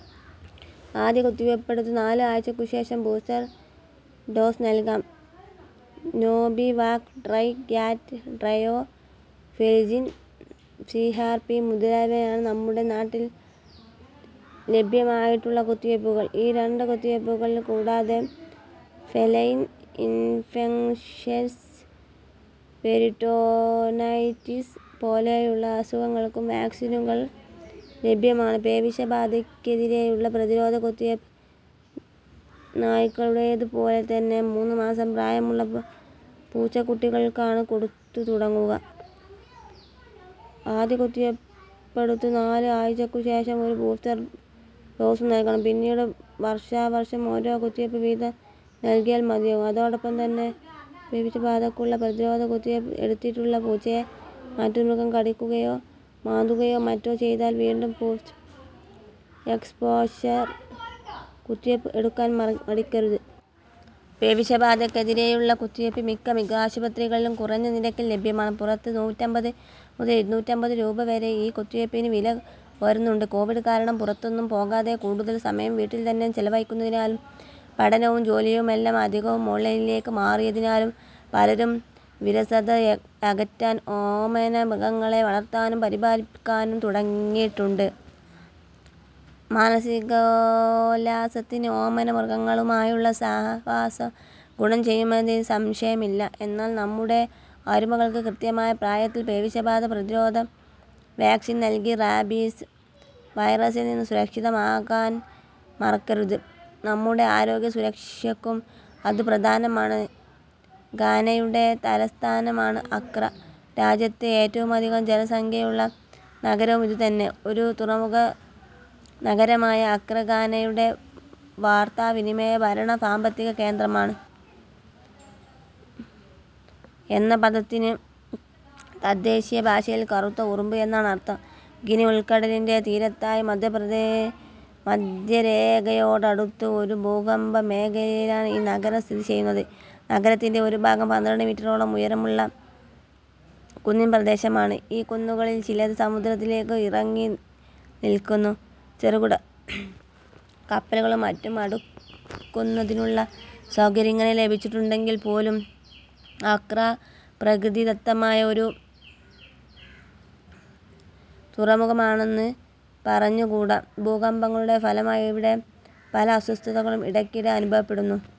ആദ്യ കുത്തിവയ്പെടുത്ത് നാല് ആഴ്ചയ്ക്കു ശേഷം ബൂസ്റ്റർ ഡോസ് നൽകാം. Nobivac, Tricat, Trio, Feligen C R P മുതലായവയാണ് നമ്മുടെ നാട്ടിൽ ലഭ്യമായിട്ടുള്ള കുത്തിവയ്പുകൾ. ഈ രണ്ട് കുത്തിവയ്പുകൾ കൂടാതെ ഫെലൈൻ ഇൻഫെക്ഷ്യസ് പെരിട്ടോണൈറ്റിസ് പോലെയുള്ള അസുഖങ്ങൾക്കും വാക്സിനുകൾ ലഭ്യമാണ്. പേവിഷബാധയ്‌ക്കെതിരെയുള്ള പ്രതിരോധ കുത്തിവയ്പ് നായ്ക്കളുടേത് പോലെ തന്നെ മൂന്ന് മാസം പ്രായമുള്ള പൂച്ചക്കുട്ടികൾക്കാണ് കൊടുത്തുതുടങ്ങുക. ആദ്യ കുത്തിവയ്പെടുത്ത് നാല് ആഴ്ചകൾക്കു ശേഷം ഒരു ബൂസ്റ്റർ ഡോസും നൽകണം. പിന്നീട് വർഷാവർഷം ഓരോ കുത്തിവയ്പ് വീതം നൽകിയാൽ മതിയാകും. അതോടൊപ്പം തന്നെ പേവിഷബാധയ്ക്കുള്ള പ്രതിരോധ കുത്തിവയ്പ് എടുത്തിട്ടുള്ള പൂച്ചയെ മറ്റൊരു മൃഗം കടിക്കുകയോ മാന്തുകയോ മറ്റോ ചെയ്താൽ വീണ്ടും പോസ്റ്റ് എക്സ്പോഷർ കുത്തിവയ്പ് എടുക്കാൻ മടിക്കരുത്. പേവിഷബാധയ്‌ക്കെതിരെയുള്ള കുത്തിവയ്പ് മിക്ക മിഗാശുപത്രികളിലും കുറഞ്ഞ നിരക്കിൽ ലഭ്യമാണ്. പുറത്ത് നൂറ്റമ്പത് മുതൽ ഇരുന്നൂറ്റമ്പത് രൂപ വരെ ഈ കുത്തിവയ്പിന് വില വരുന്നുണ്ട്. കോവിഡ് കാരണം പുറത്തൊന്നും പോകാതെ കൂടുതൽ സമയം വീട്ടിൽ തന്നെ ചെലവഴിക്കുന്നതിനാലും പഠനവും ജോലിയുമെല്ലാം അധികവും ഓൺലൈനിലേക്ക് മാറിയതിനാലും പലരും വിരസതയകറ്റാൻ ഓമനമൃഗങ്ങളെ വളർത്താനും പരിപാലിക്കാനും തുടങ്ങിയിട്ടുണ്ട്. മാനസികോല്ലാസത്തിന് ഓമനമൃഗങ്ങളുമായുള്ള സഹവാസം ഗുണം ചെയ്യുമെന്നതിൽ സംശയമില്ല. എന്നാൽ നമ്മുടെ അരുമകൾക്ക് കൃത്യമായ പ്രായത്തിൽ പേവിഷബാധ പ്രതിരോധ വാക്സിൻ നൽകി റാബീസ് വൈറസിൽനിന്ന് സുരക്ഷിതമാക്കാൻ മറക്കരുത്. നമ്മുടെ ആരോഗ്യസുരക്ഷയ്ക്കും അത് പ്രധാനമാണ്. ഘാനയുടെ തലസ്ഥാനമാണ് അക്ര. രാജ്യത്തെ ഏറ്റവുമധികം ജനസംഖ്യയുള്ള നഗരവും ഇതുതന്നെ. ഒരു തുറമുഖനഗരമായ അക്ര ഘാനയുടെ വാർത്താവിനിമയ, ഭരണ, സാമ്പത്തിക കേന്ദ്രമാണ്. എന്ന പദത്തിന് തദ്ദേശീയഭാഷയിൽ കറുത്ത ഉറുമ്പ് എന്നാണ് അർഥം. ഗിനി ഉൾക്കടലിൻ്റെ തീരത്തായി മധ്യരേഖയോടടുത്ത് ഒരു ഭൂകമ്പമേഖലയിലാണ് ഈ നഗരം സ്ഥിതിചെയ്യുന്നത്. നഗരത്തിൻ്റെ ഒരു ഭാഗം പന്ത്രണ്ട് മീറ്ററോളം ഉയരമുള്ള കുന്നിൻ പ്രദേശമാണ്. ഈ കുന്നുകളിൽ ചിലത് സമുദ്രത്തിലേക്ക് ഇറങ്ങിനിൽക്കുന്നു. ചെറുകിട കപ്പലുകളും മറ്റും അടുക്കുന്നതിനുള്ള സൗകര്യം ഇങ്ങനെ ലഭിച്ചിട്ടുണ്ടെങ്കിൽപ്പോലും അക്രാ പ്രകൃതിദത്തമായ ഒരു തുറമുഖമാണെന്ന് പറഞ്ഞുകൂടാ. ഭൂകമ്പങ്ങളുടെ ഫലമായി ഇവിടെ പല അസ്വാസ്ഥ്യങ്ങളും ഇടയ്ക്കിടെ അനുഭവപ്പെടുന്നു.